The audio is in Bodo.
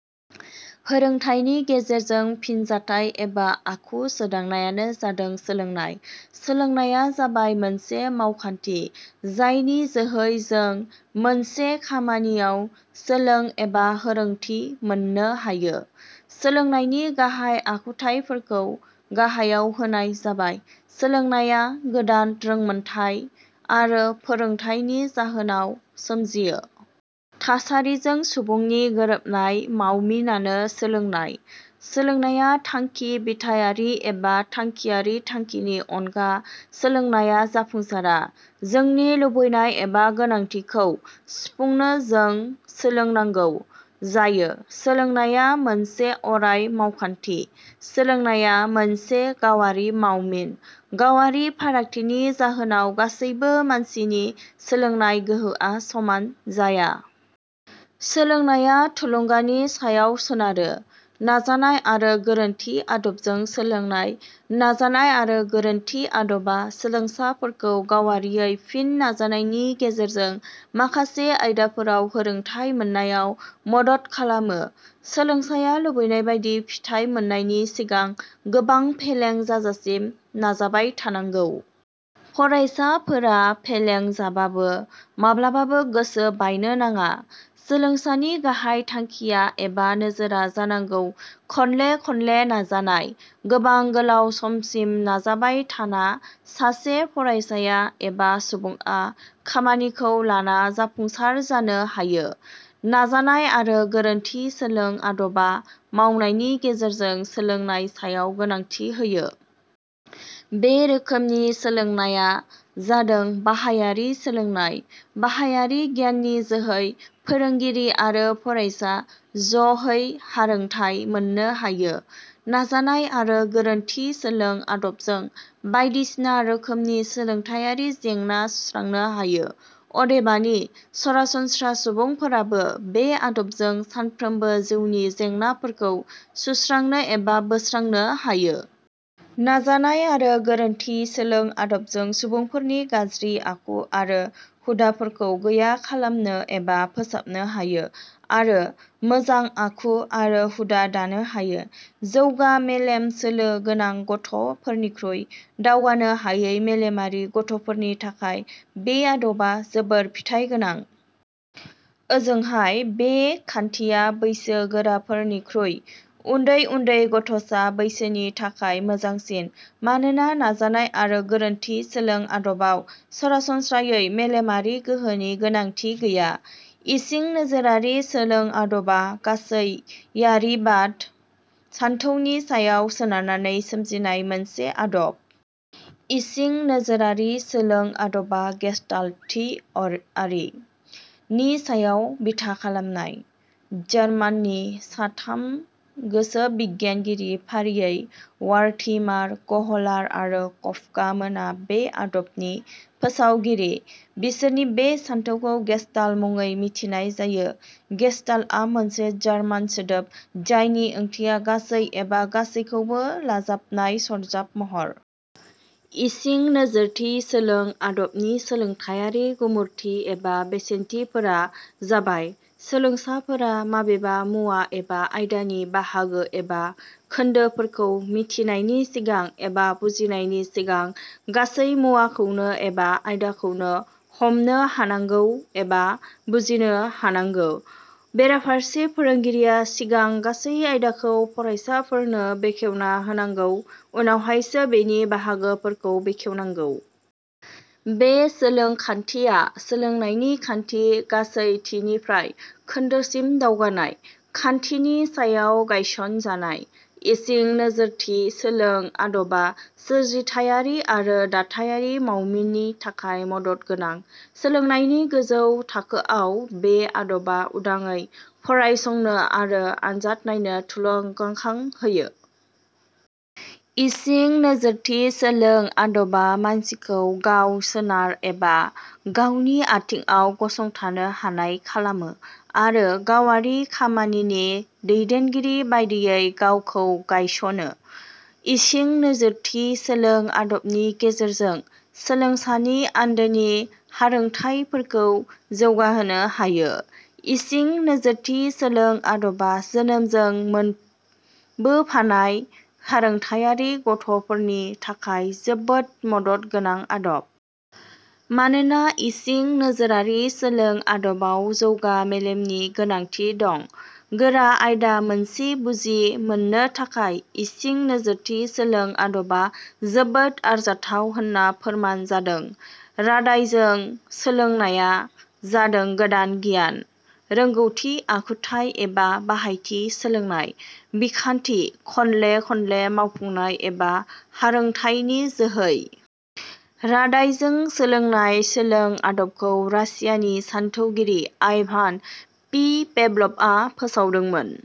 : हारोंथाइनि गेजेरजों फिनजाथाइ एबा आखु सोदांनायानो जादों सोलोंनाय। सोलोंनाया जाबाय मोनसे मावखान्थि जायनि जोहै जों मोनसे खामानियाव सोलों एबा हारोंथि मोननो हायो।: सोलोंनायनि गाहाइ आखुथाइफोरखौ गाहायाव होनाय जाबाय: सोलोंनाया गोदान रोंमोनथाइ आरो फोरोंथाइनि जाहोनाव सोमजियो। थासारिजों सुबुंनि गोरोबनाय मावमिनानो सोलोंनाय। सोलोंनाया थांखि-बिथायारि एबा थांखियारि। थांखिनि अनगा सोलोंनाया जाफुंसारा। जोंनि लुबैनाय एबा गोनांथिखौ सुफुंनो जों सोलोंनागौ जायो। सोलोंनाया मोनसे अराय मावखान्थि। सोलोंनाया मोनसे गावारि मावमिन। गावारि फारागथिनि जाहोनाव गासैबबो मानसिनि सोलोंनाय गोहोआ समान जाया। सोलोंनाया थुलुंगानि सायाव सोनारो।: नाजानाय आरो गोरोन्थि आदबजों सोलोंनाय: नाजानाय आरो गोरोन्थि आदबा सोलोंसाफोरखौ गावारियै फिन नाजानायनि गेजेरजों माखासे आयदाफोराव हारोंथाइ मोननायाव मदद खालामो। सोलोंसाया लुबैनायबादि फिथाइ मोननायनि सिगां गोबां फेलें जाजासिम नाजाबाय थानांगौ। फरायसाफोरा फेलेंजाबाबो माब्लाबाबो गोसो बायनो नाङा। सोलोंसानि गाहाइ थांखिया एबा नोजोरा जानांगौ खनले खनले नाजानाय। गोबां गोलाउ समसिम नाजाबाय थाना सासे फरायसाया एबा सुबुंआ खामानिखौ लाना जाफुंसार जानो हायो। नाजानाय आरो गोरोन्थि सोलों आदबा मावनायनि गेजेरजों सोलोंनाय सायाव गोनांथि होयो। बे रोखोमनि सोलोंनाया जादों बाहायारि सोलोंनाय। बाहायारि गियाननि जोहै फोरोंगिरि आरो फरायसा ज 'है हारोंथाइ मोननो हायो। नाजानाय आरो गोरोन्थि सोंलों आदबजों बायदिसिना रोखोमनि सोलोंथाइयारि जेंना सुस्रांनो हायो। अदेबानि, सरासनम्रा सुबुंफोराबो बे आदबजों सानफ्रोमबो जिउनि जेंनाफोरखौ सुस्रांनो एबा बोस्रांनो हायो। नाजानाय आरो गोरोन्थि सोलों आदबजों सुबुंफोरनि गाज्रि आखु आरो हुदाफोरखौ गैया खालामनो एबा फोसाबनो हायो आरो मोजां आखु आरो हुदा दानो हायो। जौगा मेलेम सोलो गोनां गथ 'फोरनिख्रुइ दावगानो हायै मेलेमारि गथ 'फोरनि थाखाय बे आदबा जोबोर फिथाइ गोनां। ओजोंहाय बे खान्थिया बैसो गोराफोरनिख्रुइ उन्दै उन्दै गथ 'सा बैसोनि थाखाय मोजांसिन मानोना नाजानाय आरो गोरोन्थि सोलों आदबाव सरासनस्रायै मेलेमारि गोहोनि गोनांथि गैया।: इसिं नोजोरारि सोलों आदबा गासैयारिबाद सानथौनि सायाव सोनारनानै सोमजिनाय मोनसे आदब। इसिं नोजोरारि सोलों आदबा 'गेस्टाल्ट थिअरि' नि सायाव बिथा खालामनाय। जार्मानिनि साथाम गोसोबिगियानगिरि फारियै वार्थिमार, कहलार आरो कफका मोना बे आदबनि फोसावगिरि। बिसोरनि बे सानथौखौ 'गेस्टाल्ट' मुङै मिथिनाय जायो। 'गेस्टाल्ट' आ मोनसे जार्मान सोदोब जायनि ओंथिया 'गासै' एबा 'गासैखौबो लाजाबनाय सरजाब महर'। इसिं नोजोरथि सोलों आदबनि सोलोंथाइयारि गुमुरथि एबा बेसेनथिफोरा जाबाय:. सोलोंसाफोरा माबेबा मुवा एबा आयदानि बाहागो एबा खोन्दोफोरखौ मिथिनायनि सिगां एबा बुजिनायनि सिगां गासै मुवाखौनो एबा आयदाखौनो हमनो हानांगौ एबा बुजिनो हानांगो। बेराफारसे, फोरोंगिरिया सिगां गासै आयदाखौ फरायसाफोरनो बेखेवना होनांगौ उनावहायसो बेनि बाहागोफोरखौ बेखेवनांगौ। बे सोलों खान्थिया सोलोंनायनि खान्थि 'गासैथिनिफ्राय खोन्दोसिम दावगानाय" खान्थिनि सायाव गायसन जानाय।. इसिं नोजोरथि सोलों आदबा सोरजिथाइयारि आरो दाथाइयारि मावमिननि थाखाय मदद गोनां। सोलोंनायनि गोजौ थाखोआव बे आदबा उदांयै फरायसंनो आरो आनजादनायनो थुलुंगाखां होयो।. इसिं नोजोरथि सोलों आदबा मानसिखौ गाव-सोनार एबा गावनि आथिंआव गसंथानो हानाय खालामो आरो गावारि खामानिनि दैदेनगिरि बादियै गावखौ गायसनो।. इसिं नोजोरथि सोलों आदबनि गेजेरजों सोलोंसानि आन्दोनि हारोंथाइफोरखौ जौगाहोनो हायो।. इसिं नोजोरथि सोलों आदबा जोनोमजों मोनबोफानाय हारोंथाइयारि गथ'फोरनि थाखाय जोबोद मदद गोनां आदब। मानोना इसिं नोजोरारि सोलों आदबाव जौगा मेलेमनि गोनांथि दं।. गोरा आयदा मोनसे बुजि मोननो थाखाय इसिं नोजोरथि सोलों आदबा जोबोद आरजाथाव होनना फोरमान जादों।: रादायजों सोलोंनाया जादों गोदान गियान, रौंगौथि, आखुथाइ एबा बाहायथि सोलोंनाय बिखान्थि, खनले खनले मावफुंनाय एबा हारोंथाइनि जोहै। रादायजों सोलोंनाय सोलों आदबखौ रासियानि सान्थौगिरि आइभान पि. पेभलभआ फोसावदोंमोन।